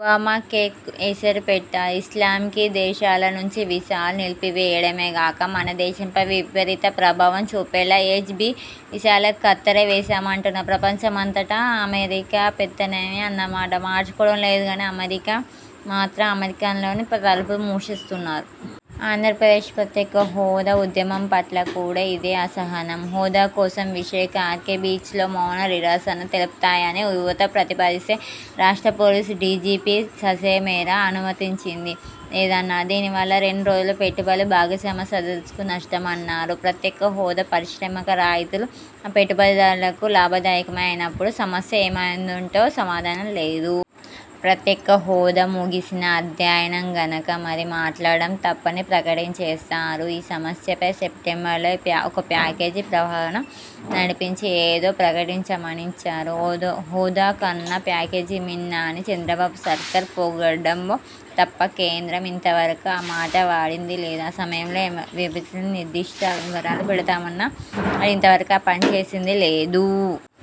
Obama కేర్కు ఎసరు పెట్టారు. ఇస్లామిక్ దేశాల నుంచి వీసాలు నిలిపివేయడమే గాక మన దేశంపై విపరీత ప్రభావం చూపేలా హెచ్ బీ వీసాలకు కత్తెర వేస్తామంటున్నారు. ప్రపంచమంతా అమెరికా పెత్తనమే అన్న మాట మార్చుకోవడం లేదు గానీ అమెరికా మాత్రం అమెరికన్లకేనని తలుపులు మూసేస్తున్నారు. ఆంధ్రప్రదేశ్ ప్రత్యేక హోదా ఉద్యమం పట్ల కూడా ఇదే అసహనం. హోదా కోసం విశాఖ ఆర్కే బీచ్లో మౌన నిరసన తెల్పుతామని యువత ప్రతిపాదిస్తే రాష్ట్ర పోలీసు డీజీపీ ససేమిరా అనుమతించేది లేదన్నారు. దీనివల్ల రెండు రోజుల పెట్టుబడుల భాగస్వామ్య సదస్సుకు నష్టమన్నారు. ప్రత్యేక హోదా పారిశ్రామిక రాయితీలు ఆ పెట్టుబడిదారులకు లాభదాయకమే అయినప్పుడు సమస్య ఏముంటుందంటే సమాధానం లేదు. ప్రత్యేకహోదా ముగిసిన అధ్యాయం గనక మరి మాట్లాడ్డం తప్పని ప్రకటించేశారు. ఈ సమస్యపై సెప్టెంబరులో ఒక ప్యాకేజీ ప్రహసనం నడిపించి ఏదో ప్రకటించామనిపించారు. హోదా కన్నా ప్యాకేజీ మిన్న అని చంద్రబాబు సర్కారు పొగడ్డం తప్ప కేంద్రం ఇంతవరకూ ఆ మాట వాడింది లేదు. ఆ సమయంలో వెబ్సైట్లో నిర్దిష్ట వివరాలు పెడతామన్న వారు ఇంతవరకూ ఆ పనిచేసింది లేదు.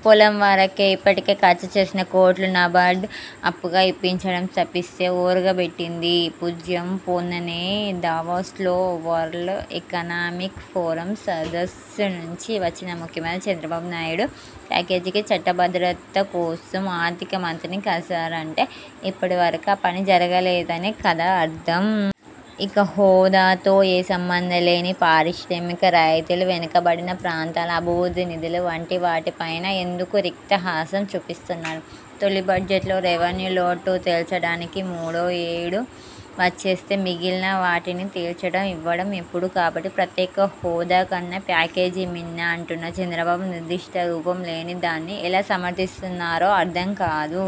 పోలవరంకు ఇప్పటికే ఖర్చు చేసిన కోట్లు నాబార్దు అప్పుగా ఇప్పించడం తప్పిస్తే ఒరగబెట్టింది పూజ్యం. మొన్ననే దావోస్లో వరల్డ్ ఎకనామిక్ ఫోరం సదస్సు నుంచి వచ్చిన ముఖ్యమంత్రి చంద్రబాబు నాయుడు ప్యాకేజీకి చట్టబద్ధత కోసం ఆర్థిక మంత్రిని కలిశారంటే ఇప్పటి వరకూ ఆ పని జరగలేదనే కదా అర్థం? ఇక హోదాతో ఏ సంబంధం లేని పారిశ్రామిక రాయితీలు, వెనకబడిన ప్రాంతాల అభివృద్ధి నిధులు వంటివాటిపైనా ఎందుకు రిక్త హస్తం చూపిస్తున్నారు? –- తొలి బడ్జెట్లో రెవెన్యూలోటు తేల్చడానికే మూడో ఏడు వచ్చేస్తే మిగిలిన వాటిని తేల్చడం, ఇవ్వడం ఎప్పుడు? కాబట్టి ప్రత్యేక హోదా కన్నా ప్యాకేజీ మిన్న అంటున్న చంద్రబాబు నిర్దిష్టరూపం లేనిదాన్ని ఎలా సమర్థిస్తున్నారో అర్థం కాదు.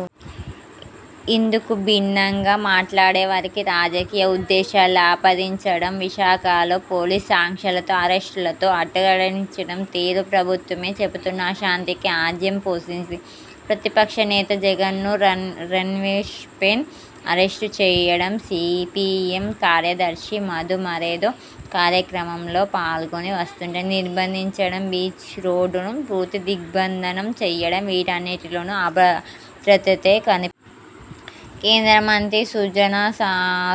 ఇందుకు భిన్నంగా మాట్లాడేవారికి రాజకీయ ఉద్దేశాలు ఆపాదించడం, విశాఖలో పోలీసు ఆంక్షలతో అరెస్టులతో అట్టుడికించిన తీరు ప్రభుత్వమే చెబుతున్న అశాంతికి ఆజ్యం పోసింది. ప్రతిపక్ష నేత జగన్ను రన్వేపైనే అరెస్టు చేయడం, సీపీఎం కార్యదర్శి మధు మరేదో కార్యక్రమంలో పాల్గొని వస్తుంటే నిర్బంధించడం, బీచ్ రోడ్డును పూర్తి దిగ్బంధనం చేయడం వీటన్నిటిలోనూ అభద్రతే కనిపిస్తుంది. కేంద్ర మంత్రి సుజనా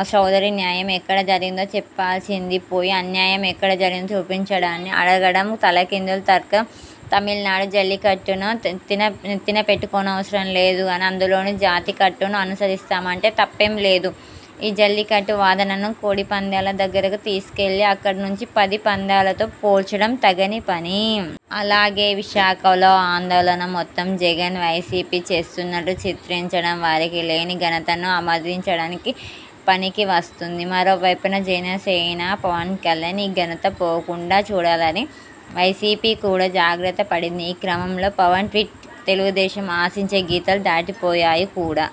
చౌదరి న్యాయం ఎక్కడ జరిగిందో చెప్పాల్సింది పోయి అన్యాయం ఎక్కడ జరిగిందో చూపించండని అడగడం తలకిందుల తర్కం. తమిళనాడు జల్లికట్టును నెత్తినపెట్టుకోనవసరం లేదు గాని అందులోని జాతికట్టును అనుసరిస్తామంటే తప్పేం లేదు. ఈ జల్లికట్టు వాదనను కోడిపందేల దగ్గరకు తీసుకెళ్లి అక్కడ నుంచి పంది పందేలతో పోల్చడం తగని పని. అలాగే విశాఖలో ఆందోళన మొత్తం జగన్ వైసీపీ చేస్తున్నట్టు చిత్రించడం వారికి లేని ఘనతను ఆపాదించడానికే పనికి వస్తుంది. మరోవైపున జనసేన పవన్కళ్యాణ్కు ఈ ఘనత పోకుండా చూడాలని వైసీపీ కూడా జాగ్రత్త పడింది. ఈ క్రమంలో పవన్ ట్వీట్లు తెలుగుదేశం ఆశించే గీతలు దాటిపోయాయి కూడా.